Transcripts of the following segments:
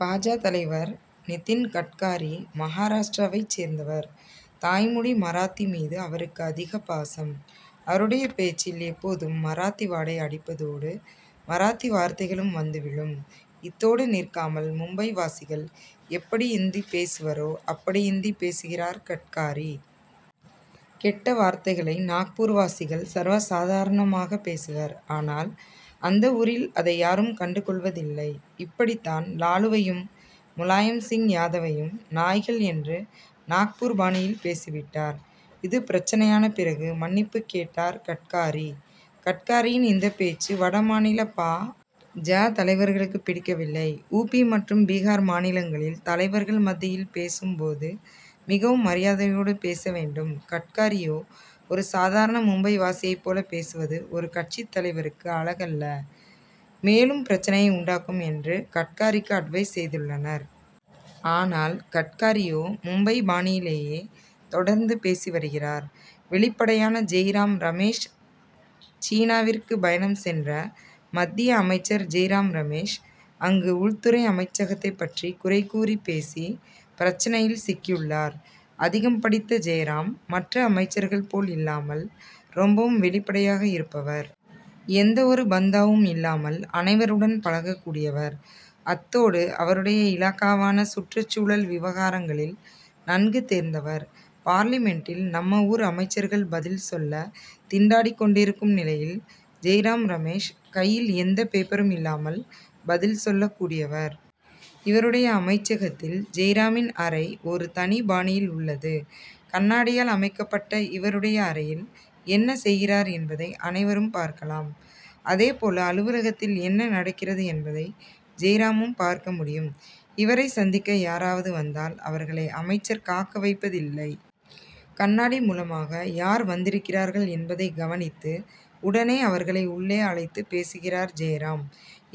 பா. ஜ., தலைவர் நிதின் கட்காரி மகாராஷ்டிராவைச் சேர்ந்தவர். தாய்மொழி மராத்தி மீது அவருக்கு அதிக பாசம். அவருடைய பேச்சில் எப்போதும் மராத்தி வாடை அடிப்பதோடு, மராத்தி வார்த்தைகளும் வந்து விழும். இத்தோடு நிற்காமல் மும்பை வாசிகள் எப்படி இந்தி பேசுவரோ அப்படி இந்தி பேசுகிறார் கட்காரி. கெட்ட வார்த்தைகளை நாக்பூர்வாசிகள் சர்வ சாதாரணமாக பேசுவர். ஆனால், அந்த ஊரில் அதை யாரும் கண்டுகொள்வதில்லை. இப்படித்தான் லாலுவையும், முலாயம் சிங் யாதவையும், நாய்கள் என்று நாக்பூர் பாணியில் பேசிவிட்டார். இது பிரச்னையான பிறகு மன்னிப்பு கேட்டார் கட்காரி. கட்காரியின் இந்த பேச்சு, வட மாநில பா. ஜ., தலைவர்களுக்குப் பிடிக்கவில்லை. 'உ. பி., மற்றும் பீகார் மாநிலங்களில் தலைவர்கள் மத்தியில் பேசும் போது மிகவும் மரியாதையோடு பேச வேண்டும். கட்காரியோ ஒரு சாதாரண மும்பைவாசியைப் போல பேசுவது ஒரு கட்சித் தலைவருக்கு அழகல்ல. மேலும், பிரச்னையை உண்டாக்கும்' என்று கட்காரிக்கு அட்வைஸ் செய்துள்ளனர். ஆனால், கட்காரியோ மும்பை பாணியிலேயே தொடர்ந்து பேசி வருகிறார். வெளிப்படையான ஜெய்ராம் ரமேஷ் சீனாவிற்கு பயணம் சென்ற மத்திய அமைச்சர் ஜெய்ராம் ரமேஷ், அங்கு உள்துறை அமைச்சகத்தைப் பற்றி குறை கூறி பேசி பிரச்னையில் சிக்கியுள்ளார். அதிகம் படித்த ஜெய்ராம், மற்ற அமைச்சர்கள் போல இல்லாமல், ரொம்பவும் வெளிப்படையாக இருப்பவர். எந்த ஒரு பந்தாவும் இல்லாமல் அனைவருடன் பழகக் கூடியவர். அத்தோடு அவருடைய இலாகாவான சுற்றுச் சூழல் விவகாரங்களில் நன்கு தேர்ந்தவர். பார்லிமென்டில் நம்ம ஊர் அமைச்சர்கள் பதில் சொல்ல திண்டாடிக் கொண்டிருக்கும் நிலையில், ஜெய்ராம் ரமேஷ் கையில் எந்த பேப்பரும் இல்லாமல் பதில் சொல்லக் கூடியவர். இவருடைய அமைச்சகத்தில் ஜெய்ராமின் அறை ஒரு தனி பாணியில் உள்ளது. கண்ணாடியால் அமைக்கப் பட்ட இவருடைய அறையில் என்ன செய்கிறார் என்பதை அனைவரும் பார்க்கலாம். அதே போல அலுவலகத்தில் என்ன நடக்கிறது என்பதை ஜெய்ராமும் பார்க்க முடியும். இவரை சந்திக்க யாராவது வந்தால், அவர்களை அமைச்சர் காக்க வைப்பதில்லை. கண்ணாடி மூலமாக யார் வந்திருக்கிறார்கள் என்பதை கவனித்து, உடனே அவர்களை உள்ளே அழைத்து, பேசுகிறார் ஜெய்ராம்.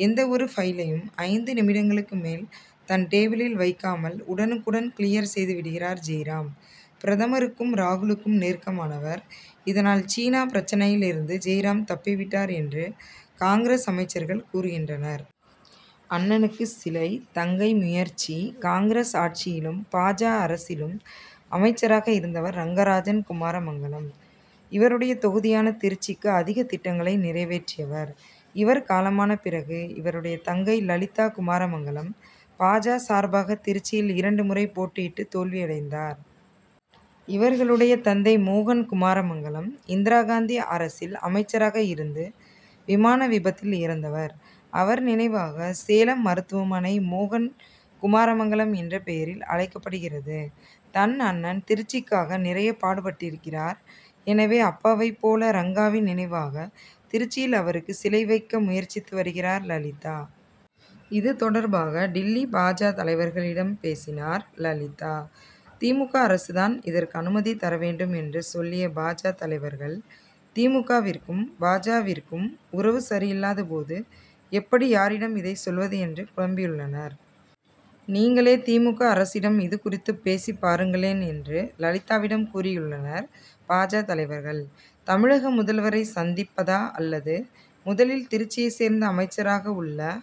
எந்த ஒரு பைலையும், ஐந்து நிமிடங்களுக்கு மேல் தன் டேபிளில் வைக்காமல் உடனுக்குடன், 'க்ளியர்' செய்துவிடுகிறார் ஜெய்ராம். பிரதமருக்கும், ராகுலுக்கும் நெருக்கமானவர். இதனால், சீனா பிரச்னையிலிருந்து ஜெய்ராம் தப்பிவிட்டார் என்று காங்கிரஸ் அமைச்சர்கள் கூறுகின்றனர். அண்ணனுக்கு சிலை தங்கை முயற்சி காங்கிரஸ் ஆட்சியிலும், பா. ஜ., அரசிலும் அமைச்சராக இருந்தவர் ரங்கராஜன் குமாரமங்கலம். இவருடைய தொகுதியான திருச்சிக்கு, அதிக திட்டங்களை நிறைவேற்றியவர், இவர் காலமான பிறகு இவருடைய தங்கை லலிதா குமாரமங்கலம், பா. ஜ., சார்பாக திருச்சியில் இரண்டு முறை போட்டியிட்டு தோல்வியடைந்தார். இவர்களுடைய தந்தை மோகன் குமாரமங்கலம், இந்திரா காந்தி அரசில் அமைச்சராக இருந்து, விமான விபத்தில் இறந்தவர். அவர் நினைவாக சேலம் மருத்துவமனை மோகன் குமாரமங்கலம் என்ற பெயரில் அழைக்கப்படுகிறது. தன் அண்ணன் திருச்சிக்காக நிறைய பாடுபட்டிருக்கிறார். எனவே, அப்பாவைப் போல ரங்காவின் நினைவாக திருச்சியில் அவருக்கு சிலை வைக்க முயற்சித்து வருகிறார் லலிதா. இது தொடர்பாக, டில்லி பா. ஜ., தலைவர்களிடம் பேசினார் லலிதா. தி. மு. க., அரசுதான் இதற்கு அனுமதி தர வேண் டும் என்று சொல்லிய பா. ஜ., தலைவர்கள், தி. மு. க.,விற்கும் பா. ஜ.,விற்கும் உறவு சரியில்லாத போது எப்படி, யாரிடம் இதைச் சொல்வது என்று குழம்பியுள்ளனர். நீங்களே தி. மு. க., அரசிடம் இதுகுறித்து பேசிப் பாருங்களேன் என்று லலிதாவிடம் கூறியுள்ளனர் பா. ஜ., தலைவர்கள். தமிழக முதல்வரை சந்திப் பதா அல்லது முதலில் திருச்சியை சேர்ந்த அமைச்சராக உள்ள